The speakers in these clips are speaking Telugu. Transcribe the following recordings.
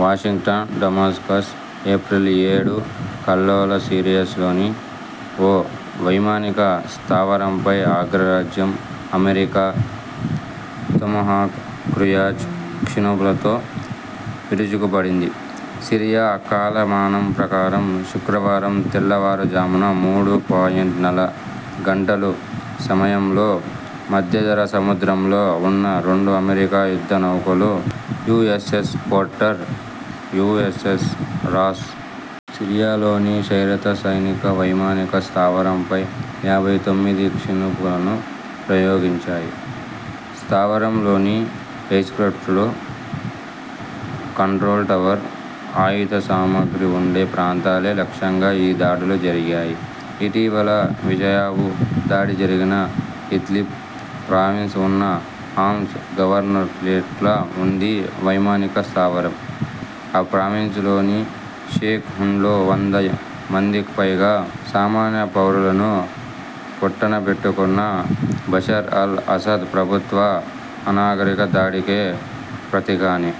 వాషింగ్టన్, డమాస్కస్, ఏప్రిల్ ఏడు కల్లోల సిరియాలోని ఓ వైమానిక స్థావరంపై అగ్రరాజ్యం అమెరికా తొమహాక్ క్రూయిజ్ క్షిపణులతో విరుచుకుపడింది! సిరియా కాలమానం ప్రకారం శుక్రవారం తెల్లవారుజామున మూడు పాయింట్ నలభై గంటల సమయంలో మధ్యధరా సముద్రంలో ఉన్న రెండు అమెరికా యుద్ధ నౌకలు యూఎస్ఎస్ పోర్టర్, యూఎ్సఎస్ రాస్. సిరియాలోని షైరత సైనిక వైమానిక స్థావరంపై యాభై తొమ్మిది క్షిపణులను ప్రయోగించాయి. స్థావరంలోని ఎయిర్సి్ట్ర్పలు, కంట్రోల్ టవర్, ఆయుధసామగ్రి ఉండే ప్రాంతాలే లక్ష్యంగా ఈ దాడులు జరిగాయి. ఇటీవల విషవాయు దాడి జరిగిన ఇద్లిబ్ ప్రావిన్స్ ఉన్న హామ్స్ గవర్నరేట్లో ఉందీ వైమానిక స్థావరం. ఆ ప్రావిన్సులోని షేక్ హూన్లో వంద మందికిపైగా సామాన్యపౌరులను పొట్టనబెటుకున్న బషర్ అల్ అసద్ ప్రభుత్వ అనాగరిక దాడికి ప్రతిగానే.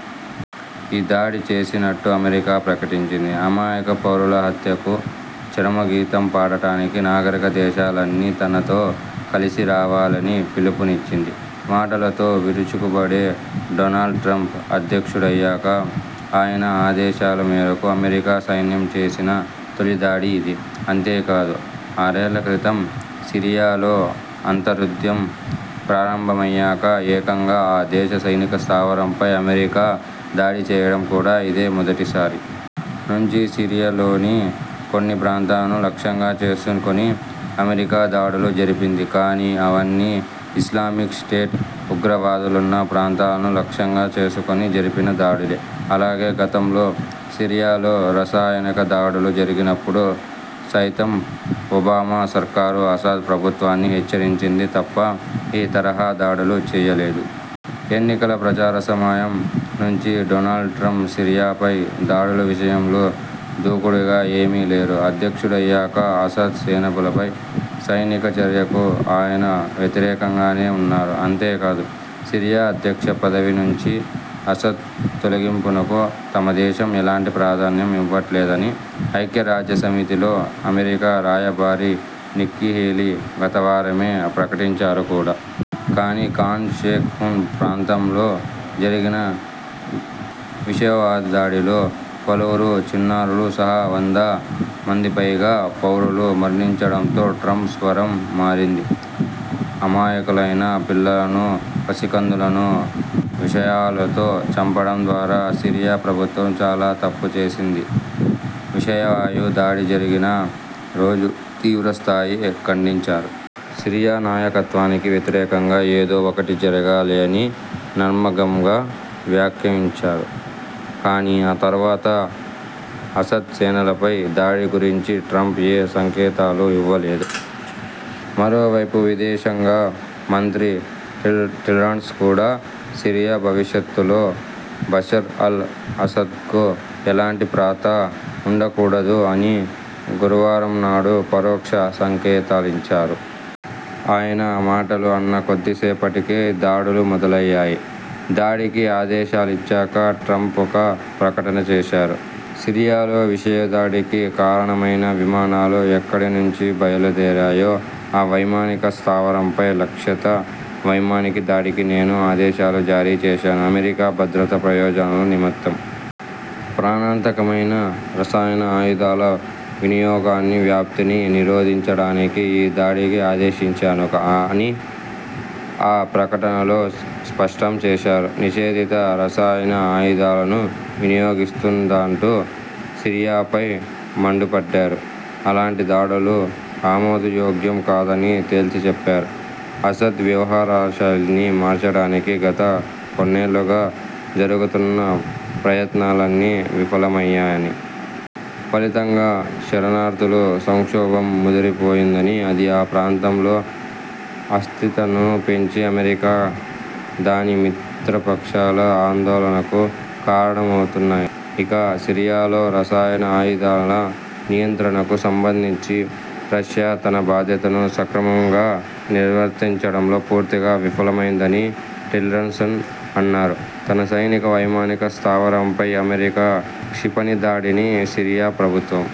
ఈ దాడి చేసినట్టు అమెరికా ప్రకటించింది. అమాయక పౌరుల హత్యలకు చరమగీతం పాడటానికి నాగరిక దేశాలన్నీ తనతో కలిసిరావాలని పిలుపునిచ్చింది. మాటలతో విరుచుకుపడే డోనాల్డ్ ట్రంప్ అధ్యక్షుడయ్యాక ఆయన ఆదేశాల మేరకు అమెరికా సైన్యం చేసిన తొలి దాడి ఇది. అంతే కాదు, ఆరేళ్ల క్రితం సిరియాలో అంతర్యుద్ధం ప్రారంభమయ్యాక ఏకంగా ఆ దేశ సైనిక స్థావరంపై అమెరికా దాడి చేయడం కూడా ఇదే మొదటిసారి. నుంచి సిరియాలోని కొన్ని ప్రాంతాలను లక్ష్యంగా చేసుకుని అమెరికా దాడులు జరిపింది. కానీ, అవన్నీ ఇస్లామిక్ స్టేట్ ఉగ్రవాదులున్న ప్రాంతాలను లక్ష్యంగా చేసుకుని జరిపిన దాడులే. అలాగే.. గతంలో సిరియాలో రసాయనిక దాడులు జరిగినప్పుడు సైతం ఒబామా సర్కారు అసద్ ప్రభుత్వాన్ని హెచ్చరించింది తప్ప ఈ తరహా దాడులు చేయలేదు. ఎన్నికల ప్రచార సమయం నుంచీ డోనాల్డ్ ట్రంప్ సిరియాపై దాడుల విషయంలో దూకుడుగా ఏమీ లేరు. అధ్యక్షుడయ్యాకా.. అసద్ సేనలపై సైనిక చర్యకు ఆయన వ్యతిరేకంగానే ఉన్నారు. అంతే కాదు.. సిరియా అధ్యక్ష పదవి నుంచి అసద్ తొలగింపునకు తమదేశం ఎలాంటి ప్రాధాన్యం ఇవ్వట్లేదని. ఐక్యరాజ్యసమితిలో అమెరికా రాయబారి నిక్కీహేలీ గతవారమే ప్రకటించారు కూడా. కానీ.. ఖాన్ షేక్ హూన్ ప్రాంతంలో జరిగిన విషవాయుదాడిలో పలువురు చిన్నారులు సహా వంద మందికిపైగా పౌరులు మరణించడంతో ట్రంప్ స్వరం మారింది. అమాయకులైన పిల్లలను, పసికందులను విషవాయువులతో చంపడం ద్వారా సిరియా ప్రభుత్వం చాలా తప్పు చేసిందని.. విషవాయు దాడి జరిగిన రోజు తీవ్రస్థాయిలో ఖండించారు. ''సిరియా నాయకత్వానికి వ్యతిరేకంగా ఏదో ఒకటి జరగాలి'' అని నర్మగర్భంగా వ్యాఖ్యానించారు. కానీ, ఆ తర్వాత అసద్ సేనలపై దాడి గురించి ట్రంప్ ఏ సంకేతాలూ ఇవ్వలేదు. మరోవైపు విదేశాంగ మంత్రి టిల్లర్సన్ కూడా.. ''సిరియా భవిష్యత్తులో బషర్ అల్ అసద్కు ఎలాంటి పాత్రా ఉండకూడదు'' అని గురువారంనాడు పరోక్ష సంకేతాలిచ్చారు. ఆయన ఆ మాటలు అన్న కొద్దిసేపటికే దాడులు మొదలయ్యాయి. దాడికి ఆదేశాలిచ్చాక ట్రంప్ఒక ప్రకటన చేశారు. ''సిరియాలో విషవాయుదాడికి కారణమైన విమానాలు ఎక్కడి నుంచి బయల్దేరాయో ఆ వైమానిక స్థావరంపై లక్ష్యిత వైమానిక దాడికి నేను ఆదేశాలు జారీ చేశాను. అమెరికా భద్రతా ప్రయోజనాల నిమిత్తం.. ప్రాణాంతకమైన రసాయన ఆయుధాల వినియోగాన్ని, వ్యాప్తిని నిరోధించడానికే ఈ దాడికి ఆదేశించాను'' అని ఆ ప్రకటనలో స్పష్టం చేశారు. నిషేధిత రసాయన ఆయుధాలను వినియోగిస్తోందంటూ సిరియాపై మండిపడ్డారు. అలాంటి దాడులు ఆమోదయోగ్యం కాదని తేల్చిచెప్పారు. అసద్ వ్యవహారశైలిని మార్చడానికి గత కొన్నేళ్లుగా జరుగుతున్న ప్రయత్నాలన్నీ విఫలమయ్యాయని.. ఫలితంగా శరణార్థుల సంక్షోభం ముదిరిపోయిందని, అది ఆ ప్రాంతంలో అస్థిరతను పెంచి అమెరికా, దాని మిత్రపక్షాల ఆందోళనకు కారణమవుతోందన్నారు. ఇక.. సిరియాలో రసాయన ఆయుధాల నియంత్రణకు సంబంధించి రష్యా తన బాధ్యతను సక్రమం గా నిర్వర్తించడంలో పూర్తిగా విఫలమైందని టిల్లర్సన్ అన్నారు. తన సైనిక వైమానిక స్థావరంపై అమెరికా క్షిపణి దాడిని సిరియా ప్రభుత్వం